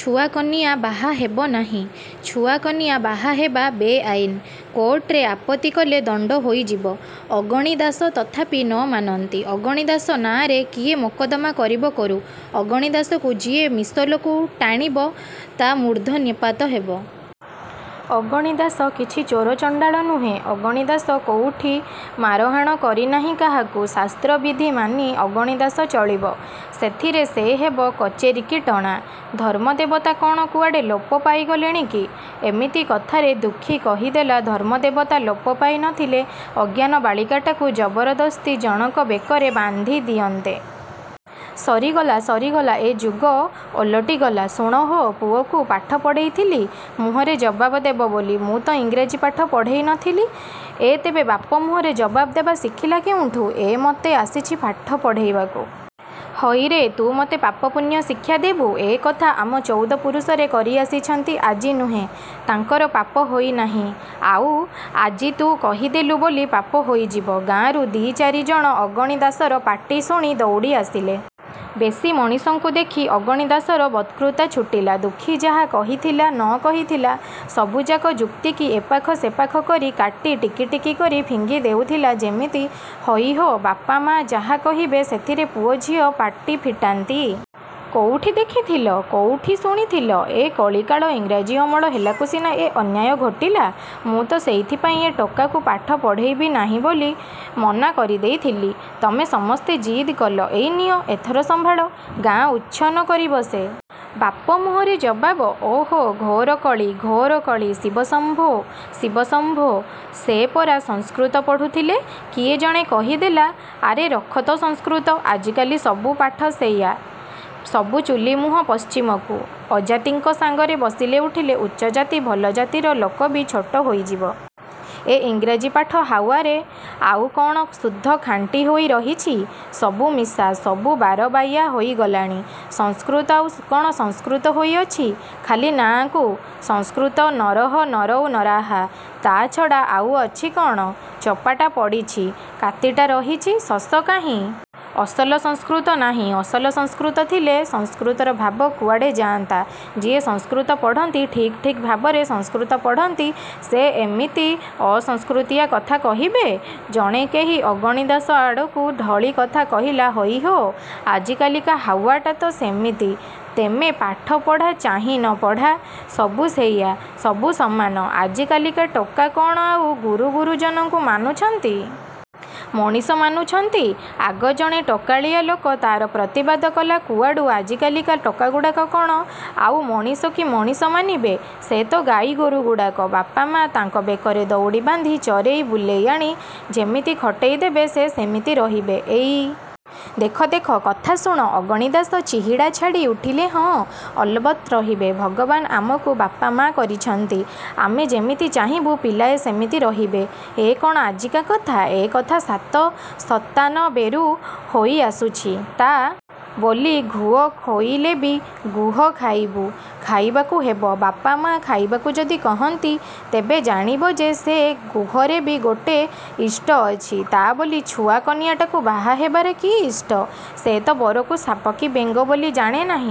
ଛୁଆ କନିଆ ବାହା ହେବ ନାହିଁ। ଛୁଆ କନିଆ ବାହା ହେବା ବେଆଇନ। କୋର୍ଟରେ ଆପତ୍ତି କଲେ ଦଣ୍ଡ ହୋଇଯିବ। ଅଗଣି ଦାଶ ତଥାପି ନ ମାନନ୍ତି। ଅଗଣି ଦାଶ ନାଆଁରେ କିଏ ମକଦ୍ଦମା କରିବ କରୁ। ଅଗଣି ଦାଶକୁ ଯିଏ ମିସଲକୁ ଟାଣିବ ତା' ମୂର୍ଦ୍ଧନ୍ୟାପାତ ହେବ। ଅଗଣି ଦାଶ କିଛି ଚୋର ଚଣ୍ଡାଳ ନୁହେଁ। ଅଗଣି ଦାଶ କୋଉଠି ମାରହାଣ କରିନାହିଁ କାହାକୁ। ଶାସ୍ତ୍ର ବିଧି ମାନି ଅଗଣି ଦାଶ ଚଳିବ। ସେଥିରେ ସେ ହେବ କଚେରିକି ଟଣା। ଧର୍ମଦେବତା କ'ଣ କୁଆଡ଼େ ଲୋପ ପାଇଗଲେଣି କି?ଏମିତି କଥାରେ ଦୁଃଖୀ କହିଦେଲା "ଧର୍ମଦେବତା ଲୋପ ପାଇ ନଥିଲେ ଅଜ୍ଞାନ ବାଳିକାଟାକୁ ଜବରଦସ୍ତି ଜଣକ ବେକରେ ବାନ୍ଧି ଦିଅନ୍ତେ"। ସରିଗଲା, ସରିଗଲା ଏ ଯୁଗ ଓଲଟିଗଲା। ଶୁଣ ହୋ, ପୁଅକୁ ପାଠ ପଢ଼େଇଥିଲି ମୁହଁରେ ଜବାବ ଦେବ ବୋଲି। ମୁଁ ତ ଇଂରାଜୀ ପାଠ ପଢ଼େଇ ନଥିଲି। ଏ ତେବେ ବାପ ମୁହଁରେ ଜବାବ ଦେବା ଶିଖିଲା କେଉଁଠୁ? ଏ ମୋତେ ଆସିଛି ପାଠ ପଢ଼େଇବାକୁ। ହଇରେ ତୁ ମୋତେ ପାପ ପୁଣ୍ୟ ଶିକ୍ଷା ଦେବୁ? ଏକଥା ଆମ ଚଉଦ ପୁରୁଷରେ କରି ଆସିଛନ୍ତି। ଆଜି ନୁହେଁ। ତାଙ୍କର ପାପ ହୋଇନାହିଁ। ଆଉ ଆଜି ତୁ କହିଦେଲୁ ବୋଲି ପାପ ହୋଇଯିବ। ଗାଁରୁ ଦି' ଚାରିଜଣ ଅଗଣି ଦାଶର ପାଟି ଶୁଣି ଦଉଡ଼ି ଆସିଲେ। ବେଶି ମଣିଷଙ୍କୁ ଦେଖି ଅଗଣି ଦାଶର ବକ୍ତୃତା ଛୁଟିଲା। ଦୁଃଖୀ ଯାହା କହିଥିଲା ନ କହିଥିଲା ସବୁଯାକ ଯୁକ୍ତିକି ଏପାଖ ସେପାଖ କରି କାଟି ଟିକିଟିକି କରି ଫିଙ୍ଗି ଦେଉଥିଲା ଯେମିତି" ହଇ ହୋ, ବାପ ମା' ଯାହା କହିବେ, ସେଥିରେ ପୁଅ ଝିଅ ପାଟି ଫିଟାନ୍ତି! କୋଉଠି ଦେଖିଥିଲ? କୋଉଠି ଶୁଣିଥିଲ? ଏ କଳିକାଳ ଇଂରାଜୀ ଅମଳ ହେଲାକୁ ସିନା ଏ ଅନ୍ୟାୟ ଘୋଟିଲା। ମୁଁ ତ ସେଇଥିପାଇଁ ଏ ଟୋକାକୁ ପାଠ ପଢ଼େଇବି ନାହିଁ ବୋଲି ମନା କରିଦେଇଥିଲି। ତମେ ସମସ୍ତେ ଜିଦ୍ କଲ ଏଇ ନିଅ ଏଥର ସମ୍ଭାଳ। ଗାଁ ଉଚ୍ଛନ୍ନ କରିବ ସେ। ବାପ ମୁହଁରେ ଜବାବ। ଓହୋ ଘୋର କଳି, ଘୋର କଳି ଶିବ ଶମ୍ଭୋ, ଶିବ ଶମ୍ଭୋ। ସେ ପରା ସଂସ୍କୃତ ପଢ଼ୁଥିଲେ। କିଏ ଜଣେ କହିଦେଲା। ଆରେ ରଖ ତୋ ସଂସ୍କୃତ। ଆଜିକାଲି ସବୁ ପାଠ ସେଇୟା। ସବୁ ଚୁଲି ମୁହଁ ପଶ୍ଚିମକୁ। ଅଜାତିଙ୍କ ସାଙ୍ଗରେ ବସିଲେ ଉଠିଲେ ଉଚ୍ଚ ଜାତି ଭଲ ଜାତିର ଲୋକବି ଛୋଟ ହୋଇଯିବ। ଏ ଇଂରାଜୀ ପାଠ ହାୱାରେ ଆଉ କ'ଣ ଶୁଦ୍ଧ ଖାଣ୍ଟି ହୋଇ ରହିଛି? ସବୁ ମିଶା। ସବୁ ବାରବାଇଆ ହୋଇଗଲାଣି। ସଂସ୍କୃତ ଆଉ କ'ଣ ସଂସ୍କୃତ ହୋଇଅଛି? ଖାଲି ନାଆଁକୁ। ସଂସ୍କୃତ, ନରଃ ନରୌ ନରାଃ, ତା' ଛଡ଼ା ଆଉ ଅଛି କ'ଣ? ଚୋପାଟା ପଡ଼ିଛି, କାତିଟା ରହିଛି, ଶଶ କାହିଁ? ଅସଲ ସଂସ୍କୃତ ନାହିଁ। ଅସଲ ସଂସ୍କୃତ ଥିଲେ ସଂସ୍କୃତର ଭାବ କୁଆଡ଼େ ଯାଆନ୍ତା? ଯିଏ ସଂସ୍କୃତ ପଢ଼ନ୍ତି ଠିକ୍ ଠିକ୍ ଭାବରେ ସଂସ୍କୃତ ପଢ଼ନ୍ତି ସେ ଏମିତି ଅସଂସ୍କୃତିଆ କଥା କହିବେ !ଜଣେ କେହି ଅଗଣି ଦାଶ ଆଡ଼କୁ ଢଳି କଥା କହିଲା "ହଇ ହୋ, ଆଜିକାଲିକା ହାୱାଟା ତ ସେମିତି, ତେମେ ପାଠ ପଢ଼ା, ଚାହିଁନ ପଢ଼ା, ସବୁ ସେଇୟା, ସବୁ ସମାନ, ଆଜିକାଲିକା ଟୋକା କ'ଣ ଆଉ ଗୁରୁ ଗୁରୁଜନଙ୍କୁ ମାନୁଛନ୍ତି? ମଣିଷ ମାନୁଛନ୍ତି ଆଗ ଜଣେ ଟୋକାଳିଆ ଲୋକ ତା'ର ପ୍ରତିବାଦ କଲା "କୁଆଡ଼ୁ, ଆଜିକାଲିକା ଟୋକାଗୁଡ଼ାକ କ'ଣ ଆଉ ମଣିଷ କି ମଣିଷ ମାନିବେ। ସେ ତ ଗାଈ ଗୋରୁଗୁଡ଼ାକ। ବାପ ମା' ତାଙ୍କ ବେକରେ ଦଉଡ଼ି ବାନ୍ଧି ଚରେଇ ବୁଲେଇ ଆଣି ଯେମିତି ଖଟେଇ ଦେବେ ସେ ସେମିତି ରହିବେ। ଏଇ- ଦେଖ ଦେଖ। କଥା ଶୁଣ। ଅଗଣି ଦାଶ ଚିହିଡ଼ା ଛାଡ଼ି ଉଠିଲେ ହଁ ଅଲବତ୍ ରହିବେ। ଭଗବାନ୍ ଆମକୁ ବାପ ମା' କରିଛନ୍ତି। ଆମେ ଯେମିତି ଚାହିଁବୁ ପିଲାଏ ସେମିତି ରହିବେ। ଏ କ'ଣ ଆଜିକା କଥା? ଏ କଥା ସାତ ସତାନବେରୁ ହୋଇ ଆସୁଛି। ତା'- ବୋଲି ଘୁଅ ଖୋଇଲେବି ଗୁହ ଖାଇବୁ? ଖାଇବାକୁ ହେବ। ବାପ ମା' ଖାଇବାକୁ ଯଦି କହନ୍ତି, ତେବେ ଜାଣିବ ଯେ ସେ ଗୁହରେବି ଗୋଟେ ଇଷ୍ଟ ଅଛି। ତା' ବୋଲି ଛୁଆ କନିଆଟାକୁ ବାହା ହେବାରେ କି ଇଷ୍ଟ। ସେ ତ ବରକୁ ସାପ କି ବେଙ୍ଗ ବୋଲି ଜାଣେ ନାହିଁ।